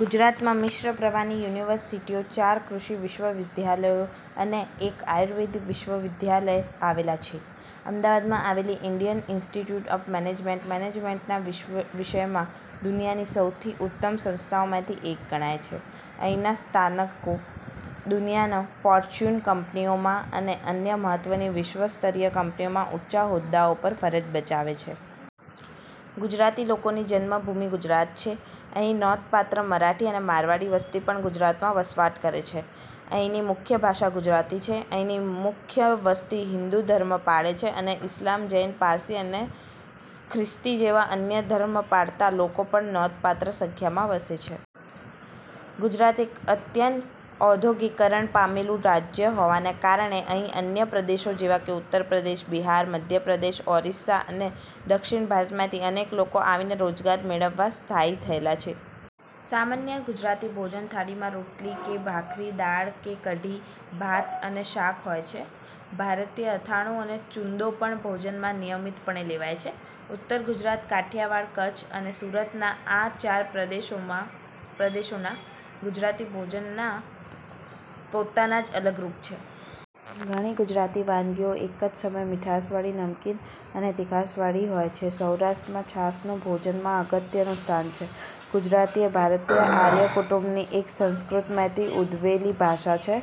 ગુજરાતમાં મિશ્ર પ્રવાહની યુનિવર્સિટીઓ, ચાર કૃષિ વિશ્વવિદ્યાલયો અને એક આયુર્વેદ વિશ્વવિદ્યાલય આવેલાં છે. અમદાવાદમાં આવેલી ઇન્ડિયન ઇન્સ્ટીટયુટ ઓફ મેનેજમેન્ટ મેનેજમેન્ટના વિષયમાં દુનિયાની સૌથી ઉત્તમ સંસ્થાઓમાંની એક ગણાય છે. અહીંના સ્નાતકો દુનિયાની ફોર્ચ્યુન કંપનીઓમાં અને અન્ય મહત્વની વિશ્વસ્તરીય કંપનીઓમાં ઊંચા હોદ્દાઓ પર ફરજ બજાવે છે. ગુજરાતી લોકોની જન્મભૂમિ ગુજરાત છે. અહીં નોંધપાત્ર મરાઠી અને મારવાડી વસ્તી પણ ગુજરાતમાં વસવાટ કરે છે. અહીંની મુખ્ય ભાષા ગુજરાતી છે. અહીંની મુખ્ય વસ્તી હિંદુ ધર્મ પાળે છે અને ઇસ્લામ, જૈન, પારસી અને ખ્રિસ્તી જેવા અન્ય ધર્મ પાળતા લોકો પણ નોંધપાત્ર સંખ્યામાં વસે છે. ગુજરાત એક અત્યંત ઔદ્યોગિકરણ પામેલું રાજ્ય હોવાના કારણે અહીં અન્ય પ્રદેશો જેવાં કે ઉત્તર પ્રદેશ, બિહાર, મધ્ય પ્રદેશ, ઓરિસ્સા અને દક્ષિણ ભારતમાંથી અનેક લોકો આવીને રોજગાર મેળવવા સ્થાયી થયેલા છે. સામાન્ય ગુજરાતી ભોજન થાળીમાં રોટલી કે ભાખરી, દાળ કે કઢી, ભાત અને શાક હોય છે. ભારતીય અથાણું અને છુંદો પણ ભોજનમાં નિયમિતપણે લેવાય છે. ઉત્તર ગુજરાત, કાઠીયાવાડ, કચ્છ અને સુરત આ ચાર પ્રદેશોનાં ગુજરાતી ભોજનના પોતાના જ અલગ રૂપ છે. ઘણી ગુજરાતી વાનગીઓ એક જ સમયે મિઠાસવાળી, નમકીન અને તીખાસવાળી વાળી હોય છે. સૌરાષ્ટ્રમાં છાસનું ભોજનમાં અગત્યનું સ્થાન છે. ગુજરાતી એ ભારતીય આર્ય કુટુંબની અને સંસ્કૃતમાંથી ઉદ્ભવેલી ભાષા છે,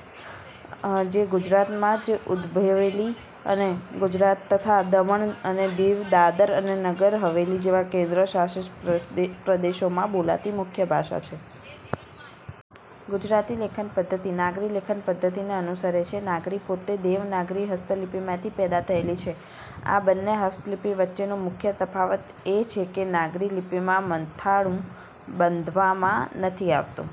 જે ગુજરાતમાં જ ઉદભવેલી અને ગુજરાત તથા દમણ અને દીવ, દાદરા અને નગર હવેલી જેવા કેન્દ્ર શાસિત પ્રદેશોમાં બોલાતી મુખ્ય ભાષા છે. ગુજરાતી લેખનપધ્ધતિ નાગરી લેખનપધ્ધતિને અનુસરે છે. નાગરી પોતે દેવનાગરી હસ્તલિપિમાંથી પેદા થયેલી છે, આ બંને હસ્તલિપિ વચ્ચેનું મુખ્ય તફાવત એ છે કે નાગરી લિપિમાં મથાળું બાંધવામાં નથી આવતું.